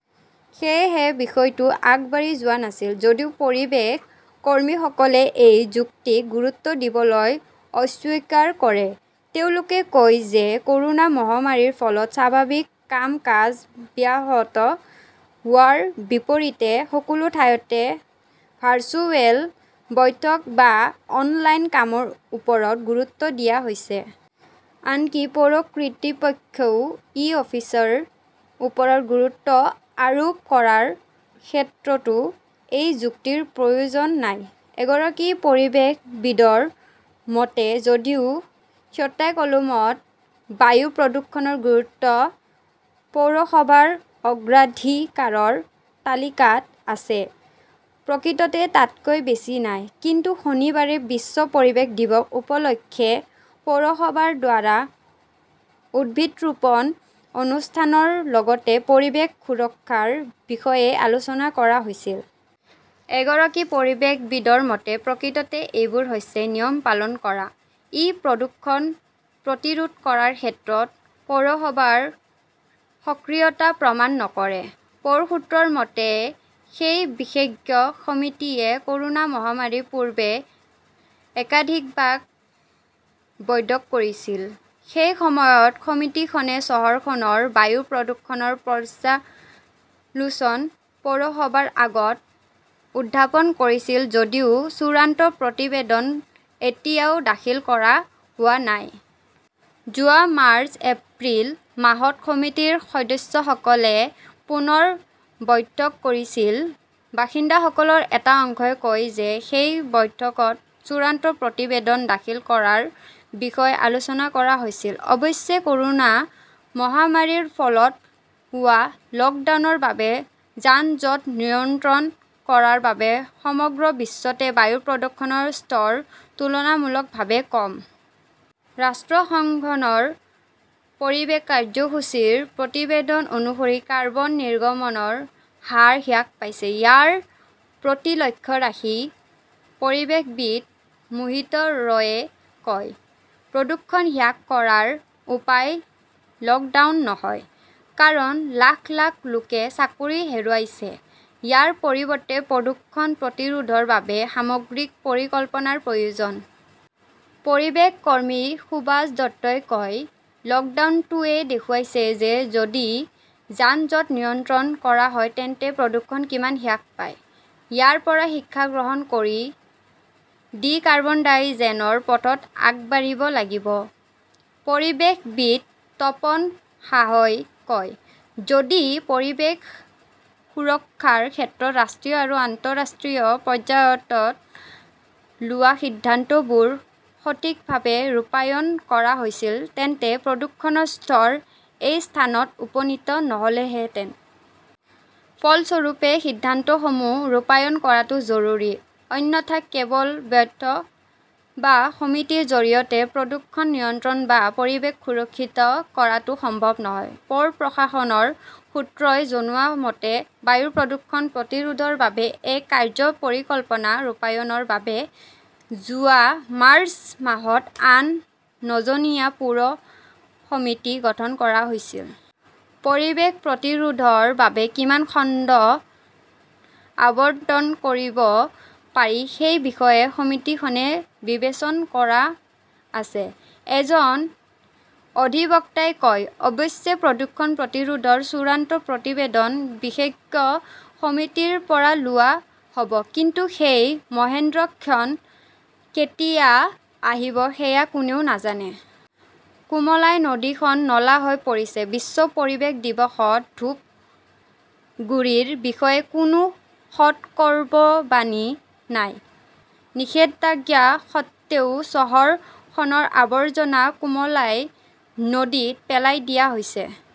সেয়েহে বিষয়টো আগবাঢ়ি যোৱা নাছিল। যদিও পৰিৱেশ কৰ্মীসকলে এই যুক্তিক গুৰুত্ব দিবলৈ অস্বীকাৰ কৰে। তেওঁলোকে কয় যে ক'ৰোনা মহামাৰীৰ ফলত স্বাভাৱিক কাম-কাজ ব্যাহত হোৱাৰ বিপৰীতে সকলো ঠাইতে ভাৰ্চুৱেল বৈঠক বা অনলাইন কামৰ ওপৰত গুৰুত্ব দিয়া হৈছে। আনকি পৌৰ কৰ্তৃপক্ষইও ই-অফিচৰ ওপৰত গুৰুত্ব আৰোপ কৰাৰ ক্ষেত্ৰতো এই যুক্তিৰ প্ৰয়োজন নাই। এগৰাকী পৰিৱেশবিদৰ মতে, যদিও খাট্টাইকলমত বায়ু প্ৰদূষণৰ গুৰুত্ব পৌৰসভাৰ অগ্ৰাধিকাৰৰ তালিকাত আছে, প্ৰকৃততে তাতকৈ বেছি নাই। কিন্তু শনিবাৰে বিশ্ব পৰিৱেশ দিৱস উপলক্ষে পৌৰসভাৰ দ্বাৰা উদ্ভিদ ৰোপণ অনুষ্ঠানৰ লগতে পৰিৱেশ সুৰক্ষাৰ বিষয়ে আলোচনা কৰা হৈছিল। এগৰাকী পৰিৱেশবিদৰ মতে, প্ৰকৃততে এইবোৰ হৈছে নিয়ম পালন কৰা। ই প্ৰদূষণ প্ৰতিৰোধ কৰাৰ ক্ষেত্ৰত পৌৰসভাৰ সক্ৰিয়তা প্ৰমাণ নকৰে। পৌৰ সূত্ৰৰ মতে, সেই বিশেষজ্ঞ সমিতিয়ে ক'ৰোনা মহামাৰীৰ পূৰ্বে একাধিকবাৰ বৈঠক কৰিছিল। সেই সময়ত সমিতিখনে চহৰখনৰ বায়ু প্ৰদূষণৰ পৰ্যালোচনা পৌৰসভাৰ আগত উত্থাপন কৰিছিল যদিও চূড়ান্ত প্ৰতিবেদন এতিয়াও দাখিল কৰা হোৱা নাই। যোৱা মাৰ্চ-এপ্ৰিল মাহত সমিতিৰ সদস্যসকলে পুনৰ বৈঠক কৰিছিল। বাসিন্দাসকলৰ এটা অংশই কয় যে সেই বৈঠকত চূড়ান্ত প্ৰতিবেদন দাখিল কৰাৰ বিষয়ে আলোচনা কৰা হৈছিল। অৱশ্যে, ক'ৰোনা মহামাৰীৰ ফলত হোৱা লকডাউনৰ বাবে যান-জঁট নিয়ন্ত্ৰণ কৰাৰ বাবে সমগ্ৰ বিশ্বতে বায়ু প্ৰদূষণৰ স্তৰ তুলনামূলকভাৱে কম। ৰাষ্ট্ৰসংঘৰ পৰিৱেশ কাৰ্যসূচীৰ প্ৰতিবেদন অনুসৰি কাৰ্বন নিৰ্গমনৰ হাৰ হ্ৰাস পাইছে। ইয়াৰ প্ৰতি লক্ষ্য ৰাখি পৰিৱেশবিদ মোহিত ৰয়ে কয়, প্ৰদূষণ হ্ৰাস কৰাৰ উপায় লকডাউন নহয়। কাৰণ লাখ লাখ লোকে চাকৰি হেৰুৱাইছে। ইয়াৰ পৰিৱৰ্তে প্ৰদূষণ প্ৰতিৰোধৰ বাবে সামগ্ৰিক পৰিকল্পনাৰ প্ৰয়োজন। পৰিৱেশ কৰ্মী সুভাষ দত্তই কয়, লকডাউনটোৱে দেখুৱাইছে যে যদি যান-জঁট নিয়ন্ত্ৰণ কৰা হয় তেন্তে প্ৰদূষণ কিমান হ্ৰাস পায়। ইয়াৰ পৰা শিক্ষা গ্ৰহণ কৰি ডি-কাৰ্বনাইজেশ্যনৰ পথত আগবাঢ়িব লাগিব। পৰিৱেশবিদ তপন সাহাই কয়, যদি পৰিৱেশ সুৰক্ষাৰ ক্ষেত্ৰত ৰাষ্ট্ৰীয় আৰু আন্তঃৰাষ্ট্ৰীয় পৰ্যায়ত লোৱা সিদ্ধান্তবোৰ সঠিকভাৱে ৰূপায়ণ কৰা হৈছিল তেন্তে প্ৰদূষণৰ স্তৰ এই স্থানত উপনীত নহ'লহেঁতেন। ফলস্বৰূপে সিদ্ধান্তসমূহ ৰূপায়ণ কৰাটো জৰুৰী। অন্যথা কেৱল বৈঠক বা সমিতিৰ জৰিয়তে প্ৰদূষণ নিয়ন্ত্ৰণ বা পৰিৱেশ সুৰক্ষিত কৰাটো সম্ভৱ নহয়! পৌৰ প্ৰশাসনৰ সূত্ৰই জনোৱা মতে, বায়ু প্ৰদূষণ প্ৰতিৰোধৰ বাবে এক কাৰ্য্য পৰিকল্পনা ৰূপায়ণৰ বাবে যোৱা মাৰ্চ মাহত আন নজনীয়া পৌৰ সমিতি গঠন কৰা হৈছিল। পৰিৱেশ প্ৰতিৰোধৰ বাবে কিমান খণ্ড আবণ্টন কৰিব পাৰি সেই বিষয়ে সমিতিখনে বিবেচনা কৰি আছে, এজন অধিবক্তাই কয়। অৱশ্যে, প্ৰদূষণ প্ৰতিৰোধৰ চূড়ান্ত প্ৰতিবেদন বিশেষজ্ঞ সমিতিৰ পৰা লোৱা হ'ব। কিন্তু সেই মহেন্দ্ৰক্ষণ কেতিয়া আহিব সেয়া কোনেও নাজানে। কুমলাই নদী খন নলা হৈ পৰিছে, বিশ্ব পৰিৱেশ দিৱসত ধূপগুড়ীৰ বিষয়ে কোনো সতৰ্কবাণী নাই, নিষেধাজ্ঞা সত্বেও চহৰখনৰ আৱৰ্জনা কুমলাই নদীত পেলাই দিয়া হৈছে।